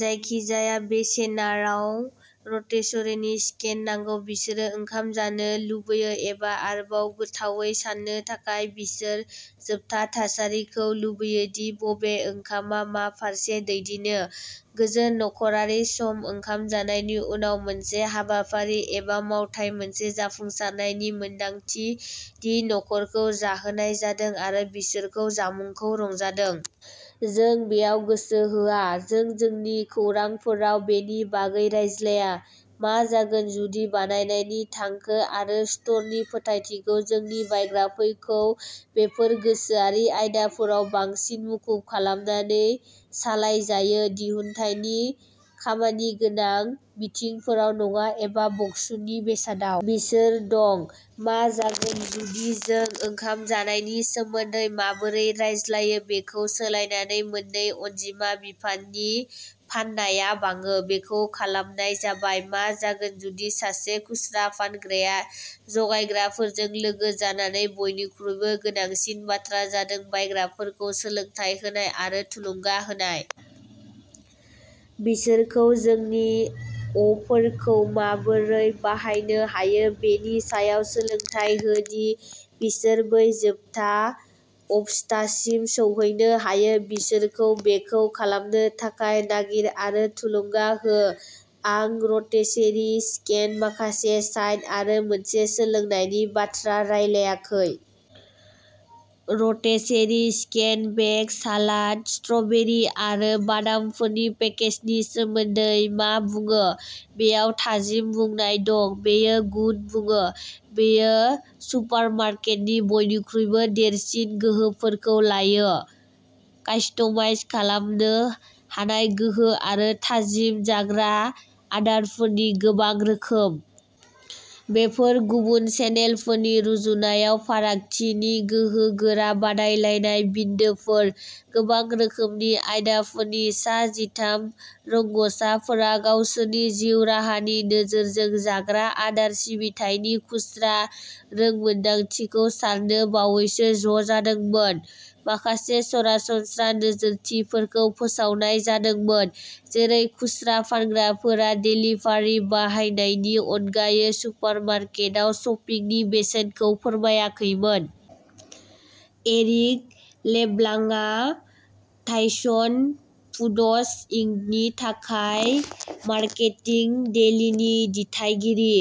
जायखिजाया बेसेनाव rotisserie chicken नांगौ। बिसोर ओंखाम जानो लुबैयो एबा आरोबाव गोथौवै साननो थाखाय बिसोर जोबथा थासारिखौ लुबैयो दि बबे ओंखामआ मा फारसे दैदेनो। गोजोन नखरारि सम ओंखाम जानायनि उनाव मोनसे हाबाफारि एबा मावथाय मोनसे जाफुंसारनायनि मोनदांथि दि न'खरखौ जाहोनाय जादों आरो बिसोरो जामुंखौ रंजादों। जों बेयाव गोसो होआ। जों जोंनि खौरांफोराव बेनि बागै रायज्लाया। मा जागोन जुदि बायनायनि थांखि आरो स्ट'रनि फोथायथिखौ जोंनि बायग्राफोरखौ बेफोर गोसोआरि आयदाफोराव बांसिन मुखुब खालामनानै सालायजायो। दिहुनथायनि खामानिगोनां बिथिंफोराव नङा एबा बक्सनि बेसादआव? बिसोर दं। मा जागोन जुदि जों ओंखाम जानायनि सोमोन्दै माबोरै रायज्लायो बेखौ सोलायनानै मोननै अनजिमा बिफाननि फाननाया बाङो? बेखौ खालामनाय जाबाय। मा जागोन जुदि सासे खुस्रा फानग्राया जगायग्राफोरजों लोगो जानानै बयनिख्रुइबो गोनांसिन बाथ्राया जादों बायग्राफोरखौ सोलोंथाय होनाय आरो थुलुंगा होनाय? बिसोरखौ जोंनि अफारखौ माबोरै बाहायनो हायो बेनि सायाव सोलोंथाय हो दि बिसोर बै जोबथा अबस्थासिम सौहैनो हायो। बिसोरखौ बेखौ खालामनो थाखाय नागिर आरो थुलुंगा हो। आं रटिसेरि चिकेन माखासे साइड आरो मोनसे लोंनायनि बाथ्रा रायलायाखै। Rotisserie chicken, bag salad, strawberry आरो बादामफोरनि पेकेजनि सोमोन्दै मा बुङो? बेयाव थाजिम बुंनाय दं। बेयो गुन बुङो। बेयो सुपारमार्केटनि बयनिख्रुइबो देरसिन गोहोफोरखौ लायो। कास्टमाइज खालामनो हानाय गोहो आरो थाजिम जाग्रा आदारफोरनि गोबां रोखोम। बेफोर गुबुन चेनेलफोरनि रुजुनायाव फारागथिनि गोहोगोरा बादायलायनाय बिन्दोफोर। गोबां रोखोमनि आयदाफोरनि सा जिथाम रोंग'साफोरा गावसोरनि जिउ राहानि नोजोरजों जाग्रा आदार सिबिथायनि खुस्रा रोंमोनदांथिखौ सान्नो बावैसो ज'जादोंमोन। माखासे सरासनस्रा नोजोरथिफोरखौ फोसावनाय जादोंमोन। जेरै खुस्रा फानग्राफोरा डेलिभारि बाहायनायनि अनगायै सुपारमार्केटआव शपिंनि बेसेनखौ फोरमायाखैमोन। एरिक लेब्लांकआ टाइसन फुड्स इंकनि थाखाय मार्केटिं डेलीनि दिथागिरि।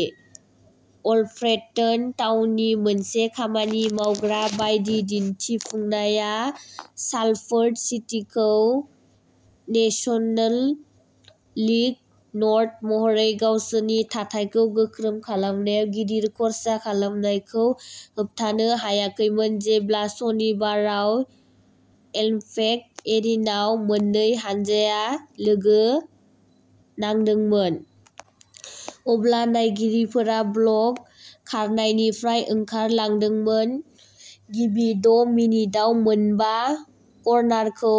अल्फ्रेटन टाउननि मोनसे खामानि मावग्रा बायदि दिन्थिफुंनाया सालफोर्ड सिटीखौ नेशनल लीग नर्थ महरै गावसोरनि थाथायखौ गोख्रों खालामनायाव गिदिर खर्सा खालामनायखौ होबथानो हायाखैमोन। जेब्ला सनिबाराव एलम्पेक्ट एरिनाआव मोननै हानजाया लोगो नांदोंमोन। अब्ला नायगिरिफोरा ब्लक खारनायनिफ्राय ओंखारलांदोंमोन। गिबि द' मिनिटआव मोनबा कर्नारखौ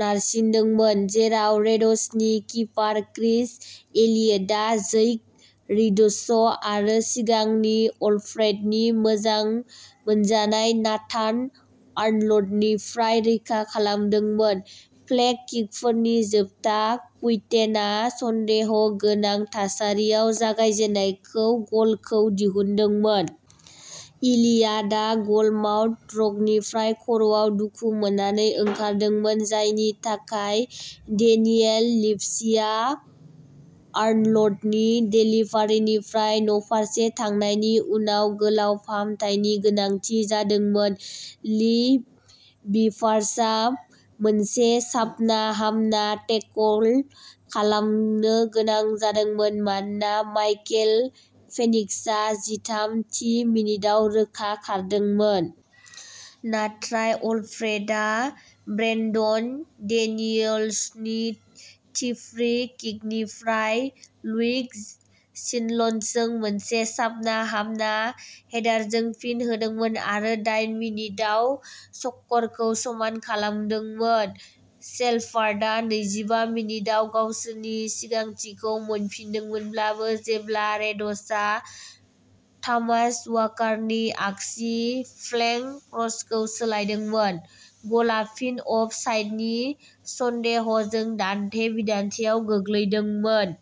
नारसिनदोंमोन। जेराव रेड्सनि किपार क्रिस इलियटआ जैक रेडश' आरो सिगांनि अल्फ्रेटननि मोजां मोनजानाय नाथान आर्नल्डनिफ्राय रैखा खालामदोंमोन। फ्लेग किकफोरनि जोबथा कुइन्टेटआ सन्देहगोनां थासारियाव जागायजेननाय गलखौ दिहुनदोंमोन। इलियटआ गलमाउथ रकनिफ्राय खर'आव दुखु मोननानै ओंखारदोंमोन। जायनि थाखाय डेनियेल लिभसीआ आर्नल्डनि डेलिभारीनिफ्राय न'फारसे थांनायनि उनाव गोलाव फाहामथायनि गोनांथि जादोंमोन। ली बिभार्सआ मोनसे साबना-हामना टेकल खालामनो गोनां जादोंमोन मानोना माइकल फेनिक्सआ जिथाम थि मिनिटआव रोखा खारदोंमोन। नाथाय अल्फ्रेटनआ ब्रेनडन डेनियल्सनि थि फ्री किकनिफ्राय ल्यूक शिल्सजों मोनसे साबना हामना हेडारजों फिन होदोंमोन आरो दाइन मिनिट उनाव स्करखौ समान खालामदोंमोन। सेलफोर्डआ नैजिबा मिनिटआव गावसोरनि सिगांथिखौ मोनफिनदोंमोनब्लाबो जेब्ला रेडश'आ थमास वाकारनि आगसि फ्लेंक क्रसखौ सोलायदोंमोन। गलआ फिन अफ साइडनि सन्देहजों दान्थे-बिदान्थेयाव गोलैदोंमोन।